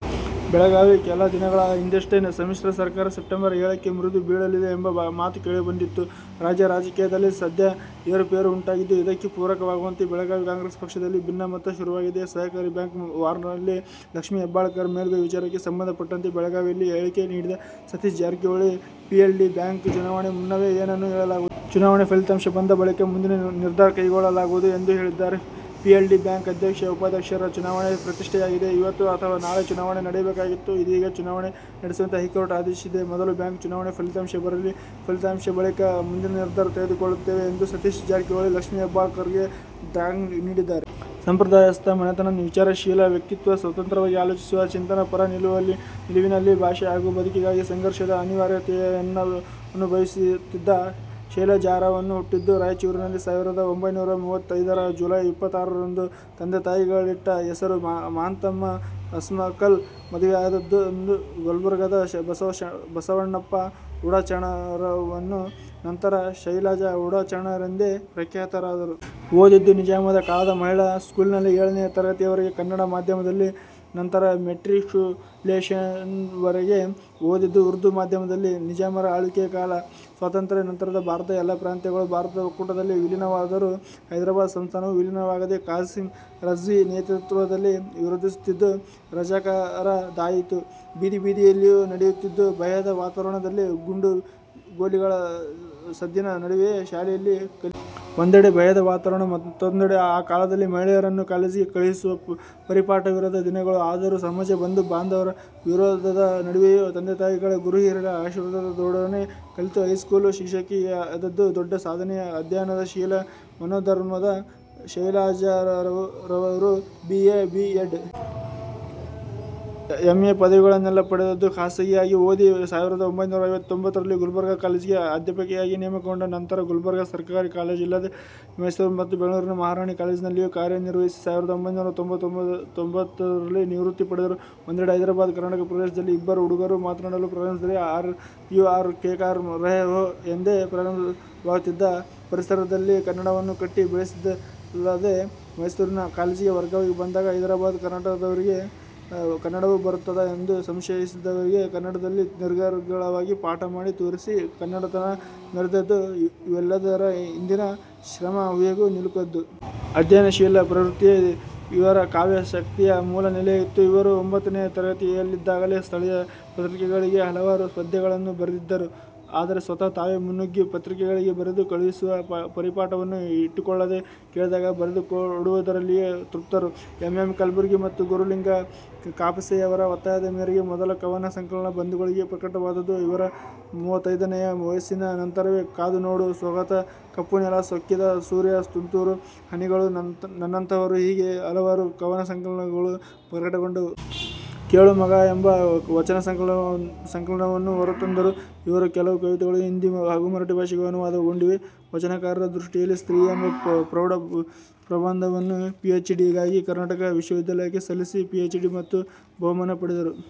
ಬೆಳಗಾವಿ: ಕೆಲ ದಿನಗಳ ಹಿಂದಷ್ಟೇ ಸಮ್ಮಿಶ್ರ ಸರ್ಕಾರ ಸೆಪ್ಟೆಂಬರ್ ಏಳಕ್ಕೆ ಮುರಿದು ಬೀಳಲಿದೆ ಎಂಬ ಮಾತು ಕೇಳಿಬಂದಿತ್ತು. ರಾಜ್ಯ ರಾಜಕೀಯದಲ್ಲಿ ಸದ್ಯ ಏರುಪೇರು ಉಂಟಾಗಿದ್ದು, ಇದಕ್ಕೆ ಪೂರಕವಾಗುವಂತೆ ಬೆಳಗಾವಿ ಕಾಂಗ್ರೆಸ್ ಪಕ್ಷದಲ್ಲಿ ಭಿನ್ನಮತ ಶುರುವಾಗಿದೆ. ಸಹಕಾರಿ ಬ್ಯಾಂಕ್ ವಾರ್ನಲ್ಲಿ ಲಕ್ಷ್ಮಿ ಹೆಬ್ಬಾಳ್ಕರ್ ಮೇಲುಗೈ ವಿಚಾರಕ್ಕೆ ಸಂಬಂಧಪಟ್ಟಂತೆ ಬೆಳಗಾವಿಯಲ್ಲಿ ಹೇಳಿಕೆ ನೀಡಿದ ಸತೀಶ್ ಜಾರಕಿಹೊಳಿ, ಪಿಎಲ್ಡಿ ಬ್ಯಾಂಕ್ ಚುನಾವಣೆ ಮುನ್ನವೇ ಏನನ್ನು ಹೇಳಲಾಗುವುದಿಲ್ಲ. ಚುನಾವಣೆ ಫಲಿತಾಂಶ ಬಂದ ಬಳಿಕ ಮುಂದಿನ ನಿರ್ಧಾರ ಕೈಗೊಳ್ಳಲಾಗುವುದು ಎಂದು ಹೇಳಿದ್ದಾರೆ. ಪಿಎಲ್ಡಿ ಬ್ಯಾಂಕ್ ಅಧ್ಯಕ್ಷ, ಉಪಾಧ್ಯಕ್ಷರ ಚುನಾವಣೆ ಪ್ರತಿಷ್ಠೆಯಾಗಿದೆ. ಇವತ್ತು ಅಥವಾ ನಾಳೆ ಚುನಾವಣೆ ನಡೆಯಬೇಕಾಗಿತ್ತು. ಇದೀಗ ಚುನಾವಣೆ ನಡೆಸುವಂತೆ ಹೈಕೋರ್ಟ್ ಆದೇಶಿಸಿದೆ. ಮೊದಲು ಬ್ಯಾಂಕ್ ಚುನಾವಣೆ ಫಲಿತಾಂಶ ಬರಲಿ. ಫಲಿತಾಂಶ ಬಳಿಕ ಮುಂದಿನ ನಿರ್ಧಾರ ತೆಗೆದುಕೊಳ್ಳುತ್ತೇವೆ ಎಂದು ಸತೀಶ್ ಜಾರಕಿಹೊಳಿ, ಲಕ್ಷ್ಮಿ ಹೆಬ್ಬಾಳ್ಕರ್ಗೆ ಟಾಂಗ್ ನೀಡಿದ್ದಾರೆ. ಸಂಪ್ರದಾಯಸ್ಥ ಮನೆತನ, ವಿಚಾರಶೀಲ ವ್ಯಕ್ತಿತ್ವ, ಸ್ವತಂತ್ರವಾಗಿ ಆಲೋಚಿಸುವ, ಚಿಂತನ ಪರ ನಿಲುವಿನಲ್ಲಿ ಭಾಷೆ ಹಾಗೂ ಬದುಕಿಗಾಗಿ ಸಂಘರ್ಷದ ಅನಿವಾರ್ಯತೆಯನ್ನನುಭವಿಸುತ್ತಿದ್ದ ಶೈಲಜಾರವರು ಹುಟ್ಟಿದ್ದು ರಾಯಚೂರಿನಲ್ಲಿ ಸಾವಿರದ ಒಂಭೈನೂರ ಮೂವತ್ತೈದರ ಜುಲೈ ಇಪ್ಪತ್ತಾರರಂದು. ತಂದೆ ತಾಯಿಗಳಿಟ್ಟ ಹೆಸರು ಮಹಾಂತಮ್ಮ ಹಸಮಕಲ್. ಮದುವೆಯಾದದ್ದು ಗುಲಬರ್ಗದ ಬಸವಣ್ಣಪ್ಪ ಉಡಚಣರವನ್ನು, ನಂತರ ಶೈಲಜಾ ಉಡಚಣರೆಂದೇ ಪ್ರಖ್ಯಾತರಾದರು. ಓದಿದ್ದು ನಿಜಾಮದ ಕಾಲದ ಮಹಿಳಾ ಸ್ಕೂಲಿನಲ್ಲಿ ಏಳನೆಯ ತರಗತಿಯವರೆಗೆ ಕನ್ನಡ ಮಾಧ್ಯಮದಲ್ಲಿ. ನಂತರ ಮೆಟ್ರಿಕ್ಯುಲೇಷನ್ವರೆಗೆ ಓದಿದ್ದು ಉರ್ದು ಮಾಧ್ಯಮದಲ್ಲಿ. ನಿಜಾಮರ ಆಳ್ವಿಕೆಯ ಕಾಲ. ಸ್ವಾತಂತ್ಯ್ರಾ ನಂತರ ಭಾರತದ ಎಲ್ಲ ಪ್ರಾಂತ್ಯಗಳೂ ಭಾರತದ ಒಕ್ಕೂಟದಲ್ಲಿ ವಿಲೀನವಾದರೂ ಹೈದರಾಬಾದ್ ಸಂಸ್ಥಾನವು ವಿಲೀನವಾಗದೆ ಕಾಸಿಮ್ ರಜ್ವಿ ನೇತೃತ್ವದಲ್ಲಿ ವಿರೋಧಿಸುತ್ತಿದ್ದು, ರಜಾಕರದಾಯಿತು ಬೀದಿಬೀದಿಯಲ್ಲಿಯೂ ನಡೆಯುತ್ತಿದ್ದು ಭಯದ ವಾತಾವರಣದಲ್ಲಿ ಗುಂಡು, ಗೋಲಿಗಳ ಸದ್ದಿನ ನಡುವೆಯೇ ಶಾಲೆಯಲ್ಲಿ ಕಲಿಕೆ. ಒಂದೆಡೆ ಭಯದ ವಾತಾವರಣ, ಮತ್ತೊಂದೆಡೆ ಆ ಕಾಲದಲ್ಲಿ ಮಹಿಳೆಯರನ್ನೂ ಕಾಲೇಜಿಗೆ ಕಳುಹಿಸುವ ಪರಿಪಾಠವಿರದ ದಿನಗಳು. ಆದರೂ ಸಮಾಜ, ಬಂಧು ಬಾಂಧವರ ವಿರೋಧದ ನಡುವೆಯೂ, ತಂದೆತಾಯಿಗಳ, ಗುರುಹಿರಿಯರ ಆಶೀರ್ವಾದದೊಡನೆ ಕಲಿತು ಹೈಸ್ಕೂಲು ಶಿಕ್ಷಕಿಯಾದದ್ದು ದೊಡ್ಡ ಸಾಧನೆಯೆ. ಅಧ್ಯಯನ ಶೀಲ ಮನೋಧರ್ಮದ ಶೈಲಜಾರವರು B. A., B. Ed., M. A. ಪದವಿಗಳನ್ನೆಲ್ಲಾ ಪಡೆದದ್ದು ಖಾಸಗಿಯಾಗಿ ಓದಿ. ಸಾವಿರದ ಒಂಭೈನೂರ ಐವತ್ತೊಂಬತ್ತರಲ್ಲಿ ಗುಲಬರ್ಗಾ ಕಾಲೇಜಿಗೆ ಅಧ್ಯಾಪಕಿಯಾಗಿ ನೇಮಕಗೊಂಡ ನಂತರ ಗುಲಬರ್ಗಾ ಸರಕಾರಿ ಕಾಲೇಜ್ ಅಲ್ಲದೆ ಮೈಸೂರು ಮತ್ತು ಬೆಂಗಳೂರಿನ ಮಹಾರಾಣಿ ಕಾಲೇಜಿನಲ್ಲಿಯೂ ಕಾರ್ಯನಿರ್ವಹಿಸಿ ಸಾವಿರದ ಒಂಭೈನೂರ ತೊಂಬತ್ತೊಂದರಲ್ಲಿ ನಿವೃತ್ತಿ ಪಡೆದರು. ಒಂದೆಡೆ ಹೈದರಾಬಾದ್ ಕರ್ನಾಟಕ ಪ್ರದೇಶದಲ್ಲಿ ಇಬ್ಬರು ಹುಡುಗರು ಮಾತನಾಡಲು ಪ್ರಾರಂಭಿಸಿದರೆ 'ಅರೆ, ಯೂರ್, ಕ್ಯಾಕರ್ ರಹೆ ಹೋ' ಎಂದೇ ಪ್ರಾರಂಭವಾಗುತ್ತಿದ್ದ ಪರಿಸರದಲ್ಲಿ ಕನ್ನಡವನ್ನೂ ಕಟ್ಟಿ ಬೆಳೆಸಿದ್ದಲ್ಲದೆ, ಮೈಸೂರಿನ ಕಾಲೇಜಿಗೆ ವರ್ಗವಾಗಿ ಬಂದಾಗ ಹೈದರಾಬಾದ್ ಕರ್ನಾಟಕದವರಿಗೆ ಕನ್ನಡವೂ ಬರುತ್ತದಾ ಎಂದು ಸಂಶಯಿಸಿದವರಿಗೆ ಕನ್ನಡದಲ್ಲಿ ನಿರರ್ಗಳವಾಗಿ ಪಾಠ ಮಾಡಿ ತೋರಿಸಿ ಕನ್ನಡತನ ಮೆರೆದದ್ದು, ಇವೆಲ್ಲದರ ಹಿಂದಿನ ಶ್ರಮ ಊಹೆಗೂ ನಿಲುಕದ್ದು. ಅಧ್ಯಯನ ಶೀಲ ಪ್ರವೃತ್ತಿಯೇ ಇವರ ಕಾವ್ಯಾಸಕ್ತಿಯ ಮೂಲ ನೆಲೆಯಾಗಿತ್ತು. ಇವರು ಒಂಬತ್ತನೆಯ ತರಗತಿಯಲ್ಲಿದ್ದಾಗಲೇ ಸ್ಥಳೀಯ ಪತ್ರಿಕೆಗಳಿಗೆ ಹಲವಾರು ಪದ್ಯಗಳನ್ನೂ ಬರೆದಿದ್ದರು. ಆದರೆ ಸ್ವತಃ ತಾವೇ ಮುನ್ನುಗ್ಗಿ ಪತ್ರಿಕೆಗಳಿಗೆ ಬರೆದು ಕಳುಹಿಸುವ ಪರಿಪಾಠವನ್ನೂ ಇಟ್ಟುಕೊಳ್ಳದೆ, ಕೇಳಿದಾಗ ಬರೆದುಕೊಡುವುದರಲ್ಲಿಯೇ ತೃಪ್ತರು. ಎಂ.ಎಂ.ಕಲಬುರ್ಗಿ ಮತ್ತು ಗುರುಲಿಂಗ ಕಾಪಸೆಯವರ ಒತ್ತಾಯದ ಮೇರೆಗೆ ಮೊದಲ ಕವನ ಸಂಕಲನ 'ಬಂಧುಗಳಿಗೆ' ಪ್ರಕಟವಾದುದು ಇವರ ಮೂವತ್ತೈದನೆಯ ವಯಸ್ಸಿನ ನಂತರವೇ 'ಕಾದುನೋಡು' 'ಸ್ವಗತ', 'ಕಪ್ಪುನೆಲ ಸೊಕ್ಕಿದ ಸೂರ್ಯ', 'ತುಂತುರು ಹನಿಗಳು', 'ನನ್ನಂಥವರು' ಹೀಗೆ ಹಲವಾರು ಕವನ ಸಂಕಲನಗಳು ಪ್ರಕಟಗೊಂಡವು. 'ಕೇಳು ಮಗಾ' ಎಂಬ ವಚನ ಸಂಕಲನವನ್ನು ಹೊರತಂದರು. ಇವರ ಕೆಲವು ಕವಿತೆಗಳು ಹಿಂದಿ ಹಾಗೂ ಮರಾಠಿ ಭಾಷೆಗೂ ಅನುವಾದಗೊಂಡಿವೆ. 'ವಚನಕಾರರ ದೃಷ್ಟಿಯಲ್ಲಿ ಸ್ತ್ರೀ' ಎಂಬ ಪ್ರೌಢಪ್ರಬಂಧವನ್ನು ಪಿಎಚ್. ಡಿ. ಗಾಗಿ ಕರ್ನಾಟಕ ವಿಶ್ವವಿದ್ಯಾಲಯಕ್ಕೆ ಸಲ್ಲಿಸಿ ಪಿಎಚ್. ಡಿ. ಮತ್ತು ಬಹುಮಾನ ಪಡೆದರು.